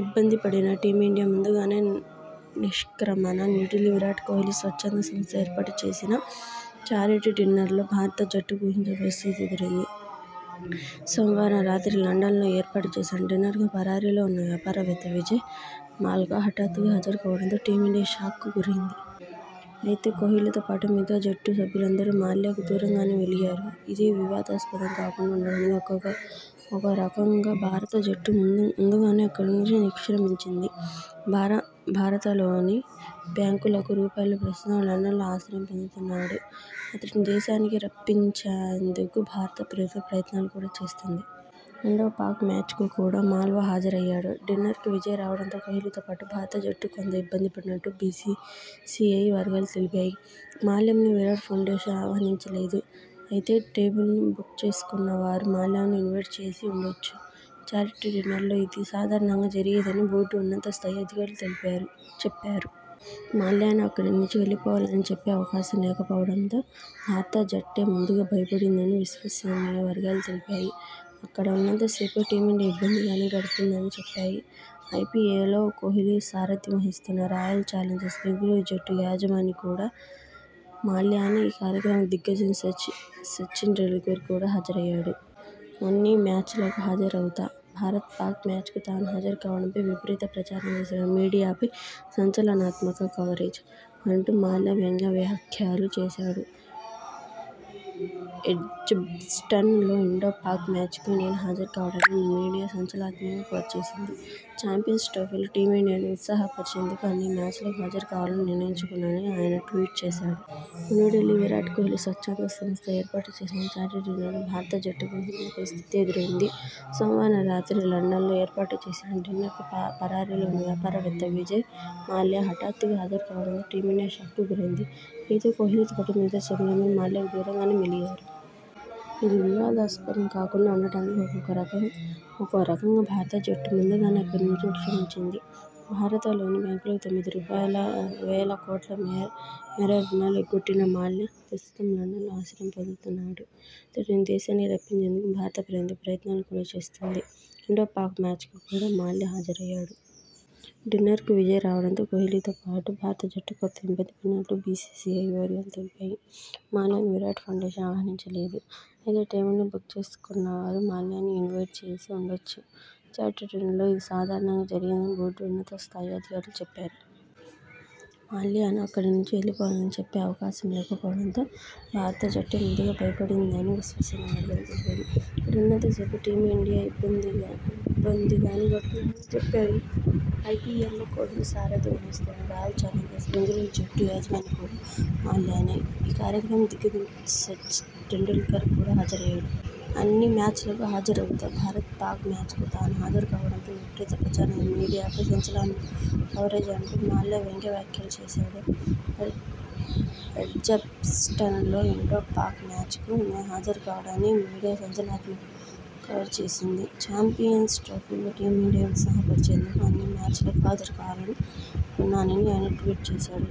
ఇబ్బందిపడిన team India ముందుగానే నిష్క్రమణ న్యూఢిల్లీ విరాట్ కోహ్లీ స్వచ్ఛంద సంస్థ ఏర్పాటు చేసిన 'ఛారిటీ డిన్నర్'లో భారత జట్టుకు ఊహించని పరిస్థితి ఎదురైంది. సోమవారం రాత్రి లండన్ లో ఏర్పాటు చేసిన డిన్నర్కు పరారీలో ఉన్న వ్యాపారవేత్త విజయ్ మాల్యా హఠాత్తుగా హాజరుకావడంతో టీమిండియా షాక్కు గురైంది. అయితే కోహ్లీతోపాటు మిగతా జట్టు సభ్యులందరూ మాల్యాకు దూరంగానే మెలిగారు. ఇది వివాదాస్పదం కాకుండా ఉండడానికి ఒకరకంగా భారత జట్టు ముందుగానే అక్కడి నుంచి నిష్క్రమించింది. భారతలోని బ్యాంకులకు రూపాయలు ప్రస్తుతం లండనలో ఆశ్రయం పొందుతున్నాడు. అతడిని దేశానికి రప్పించేందుకు భారత ప్రభుత్వం ప్రయత్నాలు కూడా చేస్తోంది. ఇండో-పాక్ మ్యాచ్ కు కూడా మాల్యా హాజరయ్యాడు. డిన్నర్కు విజయ్ రావడంతో కోహ్లీతోపాటు భారత జట్టు కొంత ఇబ్బందిపడినట్టు బీసీసీఐ వర్గాలు తెలిపాయి. 'మాల్యాను విరాట్ ఫౌండేషన్ ఆహ్వానించలేదు. అయితే టేబుల్ను బుక్ చేసుకున్న వారు మాల్యాను ఇన్వైట్ చేసి ఉండొచ్చు. ఛారిటీ డిన్నర్లలో ఇది సాధారణంగా జరిగేద'ని బోర్డు ఉన్నతస్థాయి అధికారులు చెప్పారు. మాల్యాను అక్కడి నుంచి వెళ్లిపోవాలని చెప్పే అవకాశం లేకపోవడంతో.. భారత జట్టే ముందుగా బయటపడిందని విశ్వసనీయ వర్గాలు తెలిపాయి. అక్కడ ఉన్నంత సేపు టీమిండియా ఇబ్బందిగానే గడిపిందని చెప్పాయి. ఐపీఎల్లో కోహ్లీ సారథ్యం వహిస్తున్న రాయల్ చాలెంజర్స్ బెంగళూరు జట్టు యజమాని కూడా మాల్యానే ఈ కార్యక్రమానికి దిగ్గజం సచిన టెండూల్కర్ కూడా హాజరయ్యాడు. అన్ని మ్యాచలకూ హాజరవుతా.. భారత్-పాక్ మ్యాచ్ కు తాను హాజరుకావడంపై విపరీత ప్రచారం చేసిన మీడియాపై 'సంచలనాత్మక కవరేజ్' అంటూ మాల్యా వ్యంగ్య వ్యాఖ్యలు చేశాడు. 'ఎడ్జ్బాస్టన్ లో ఇండో-పాక్ మ్యాచ కు నేను హాజరుకావడాన్ని మీడియా సంచలనాత్మకంగా కవర్ చేసింది. చాంపియన్స్ ట్రోఫీలో టీమిండియాను ఉత్సాహపరిచేందుకు అన్ని మ్యాచ్ లకూ హాజరుకావాలని నిర్ణయించుకున్నాన'ని ఆయన ట్వీట్ చేశాడు. న్యూఢిల్లీ విరాట్ కోహ్లీ స్వచ్ఛంద సంస్థ ఏర్పాటు చేసిన 'ఛారిటీ డిన్నర్'లో భారత జట్టుకు ఊహించని పరిస్థితి ఎదురైంది. సోమవారం రాత్రి లండన్ లో ఏర్పాటు చేసిన డిన్నర్కు పరారీలో ఉన్న వ్యాపారవేత్త విజయ్ మాల్యా హఠాత్తుగా హాజరుకావడంతో టీమిండియా షాక్కు గురైంది. అయితే కోహ్లీతోపాటు మిగతా జట్టు సభ్యులందరూ మాల్యాకు దూరంగానే మెలిగారు. ఇది వివాదాస్పదం కాకుండా ఉండడానికి ఒకరకంగా భారత జట్టు ముందుగానే అక్కడి నుంచి నిష్క్రమించింది. భారతలోని బ్యాంకులకు తొమ్మిది రూపాయలువేల కోట్ల మేర రుణాలు ఎగ్గొట్టిన మాల్యా.. ప్రస్తుతం లండనలో ఆశ్రయం పొందుతున్నాడు. అతడిని దేశానికి రప్పించేందుకు భారత ప్రభుత్వం ప్రయత్నాలు కూడా చేస్తోంది. ఇండో-పాక్ మ్యాచ్ కు కూడా మాల్యా హాజరయ్యాడు. డిన్నర్కు విజయ్ రావడంతో కోహ్లీతోపాటు భారత జట్టు కొంత ఇబ్బందిపడినట్టు బీసీసీఐ వర్గాలు తెలిపాయి. 'మాల్యాను విరాట్ ఫౌండేషన్ ఆహ్వానించలేదు. అయితే టేబుల్ను బుక్ చేసుకున్న వారు మాల్యాను ఇన్వైట్ చేసి ఉండొచ్చు. ఛారిటీ డిన్నర్లలో ఇది సాధారణంగా జరిగేద'ని బోర్డు ఉన్నతస్థాయి అధికారులు చెప్పారు. మాల్యాను అక్కడి నుంచి వెళ్లిపోవాలని చెప్పే అవకాశం లేకపోవడంతో.. భారత జట్టే ముందుగా బయటపడిందని విశ్వసనీయ వర్గాలు తెలిపాయి. అక్కడ ఉన్నంత సేపు టీమిండియా ఇబ్బందిగానే గడిపిందని చెప్పాయి. ఐపీఎల్లో కోహ్లీ సారథ్యం వహిస్తున్న రాయల్ చాలెంజర్స్ బెంగళూరు జట్టు యజమాని కూడా మాల్యానే..! ఈ కార్యక్రమానికి దిగ్గజం సచిన టెండూల్కర్ కూడా హాజరయ్యాడు. అన్ని మ్యాచలకూ హాజరవుతా.. భారత్-పాక్ మ్యాచ్ కు తాను హాజరుకావడంపై విపరీత ప్రచారం చేసిన మీడియాపై 'సంచలనాత్మక కవరేజ్' అంటూ మాల్యా వ్యంగ్య వ్యాఖ్యలు చేశాడు. 'ఎడ్జ్బాస్టన్ లో ఇండో-పాక్ మ్యాచ కు నేను హాజరుకావడాన్ని మీడియా సంచలనాత్మకంగా కవర్ చేసింది. చాంపియన్స్ ట్రోఫీలో టీమిండియాను ఉత్సాహపరిచేందుకు అన్ని మ్యాచ్ లకూ హాజరుకావాలని నిర్ణయించుకున్నాన'ని ఆయన ట్వీట్ చేశాడు.